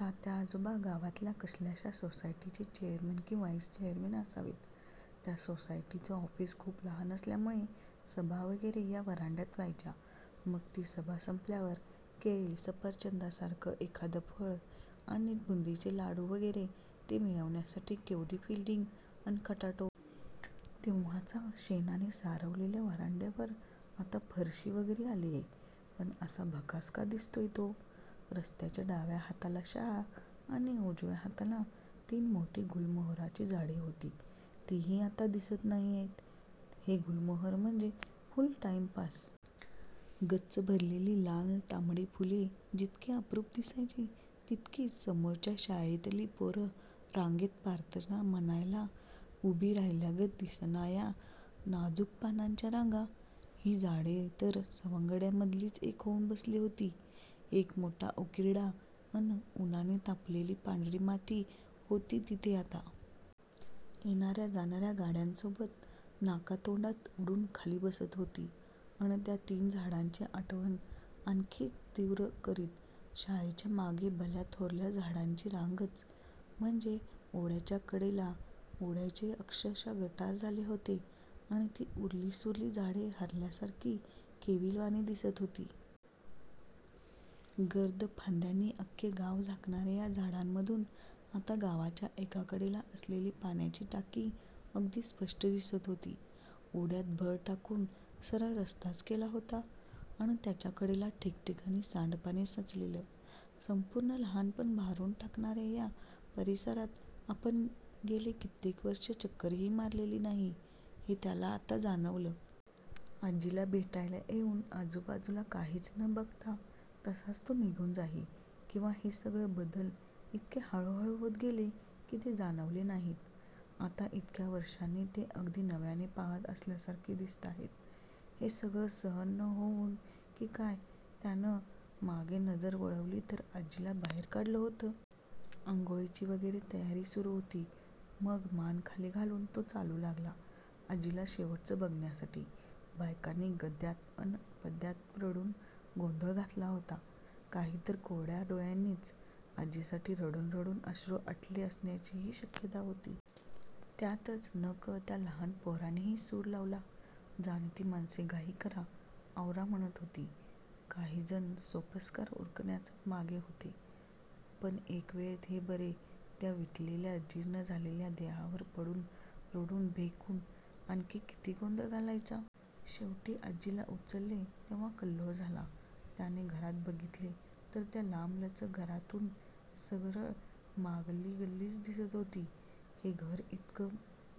तात्या आजोबा गावातल्या कसल्याशा सोसायटीचे चेअरमन की व्हाईस चेअरमन असावेत. त्या सोसायटीचं ऑफिस खुप लहान असल्यामूळे सभा वगैरे या व्हरांड्यात व्हायच्या. मग ती सभा संपल्यावर केळे-सफरचंदासारखं एखादं फळ आणि बुंदीचे लाडू वगैरे. ते मिळवण्यासाठी केवढी फिल्डिंग अन खटाटोप. तेव्हाचा शेणाने सारवललेल्या व्हरांड्यावर आता फरशी वगैरे आलीय. पण असा भकास का दिसतोय तो? रस्त्याच्या डाव्या हाताला शाळा आणि उजव्या हाताला तीन मोठी गुलमोहराची झाडे होती. तीही आता दिसत नाहीयेत. हे गुलमोहर म्हणजे फुल टाईमपास. गच्च भरलेली लाल तांबडी फुले जितकी अप्रूप दिसायची, तितकीच समोरच्या शाळेतली पोरं रांगेत प्रार्थना म्हणायला उभी राहिल्यागत दिसणाया नाजूक पानांच्या रांगा. ही झाडे तर सवंगड्यांमधलीच एक होऊन बसली होती. एक मोठा उकिरडा अन उन्हाने तापलेली पांढरी माती होती तिथे आता. येणार्या जाणार्या गाड्यांसोबत नाकातोंडात उडून खाली बसत होती, अन त्या तीन झाडांची आठवण आणखीच तीव्र करीत. शाळेच्या मागे भल्या थोरल्या झाडांची रांगच. म्हणजे ओढ्याच्या कडेला. ओढ्याचे अक्षरशः गटार झाले होते अन ती उरलीसुरली झाडे हरल्यासारखी, केविलवाणी दिसत होती. गर्द फांद्यांनी अख्खे गाव झाकणार्या या झाडांमधून आता गावाच्या एकाकडेला असलेली पाण्याची टाकी अगदी स्पष्ट दिसत होती. ओड्यात भर टाकून सरळ रस्ताच केला होता, अन त्याच्याकडेला ठिकठिकाणी सांडपाणी साचलेलं. संपूर्ण लहाणपण भारून टाकणार्या या परिसरात आपण गेली कित्येक वर्षे चक्करही मारलेली नाही, हे त्याला आता जाणवलं. आजीला भेटायला येऊन आजूबाजूला काहीच न बघता तसाच तो निघून जाई. किंवा हे सगळे बदल इतके हळूहळू होत गेले, की ते जाणवले नाहीत. आता इतक्या वर्षांनी ते अगदी नव्याने पाहत असल्यासारखे दिसताहेत. हे सगळं सहन न होऊन की काय, त्यानं मागे नजर वळवली, तर आजीला बाहेर काढलं होतं. आंघोळीची वगैरे तयारी सुरू होती. मग मान खाली घालून तो चालू लागला. आजीला शेवटचं बघण्यासाठी. बायकांनी गद्यात अन पद्यात रडून गोंधळ घातला होता. काही तर कोरड्या डोळ्यांनीच. आजीसाठी रडून रडून अश्रू आटले असण्याचीही शक्यता होती. त्यातच न-कळत्या लहान पोरांनीही सुर लावला. जाणती माणसे घाई करा, आवरा म्हणत होती. काही जण सोपस्कार उरकण्याच्या मागे होते. पण एकवेळ हे बरे. त्या विटलेल्या, जीर्ण झालेल्या देहावर पडून, रडून भेकून, आणखी किती गोंधळ घालायचा? शेवटी आजीला उचलले तेव्हा कल्लोळ झाला. त्याने घरात बघितले, तर त्या लांबलचक घरातून सरळ मागली गल्लीच दिसत होती. हे घर इतकं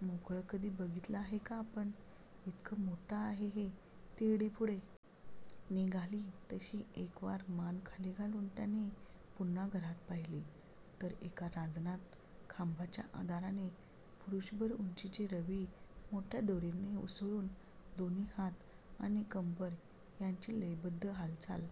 मोकळं कधी बघितलं आहे का आपण? इतकं मोठं आहे हे? तिरडी पुढे निघाली, तशी एकवार मान खाली घालून त्याने पुन्हा घरात पाहिले, तर एका रांजणात खांबाच्या आधाराने पुरुषभर उंचीची रवी मोठ्या दोरीने घुसळून, दोन्ही हात आणि कंबर यांची लयबध्द हालचाल--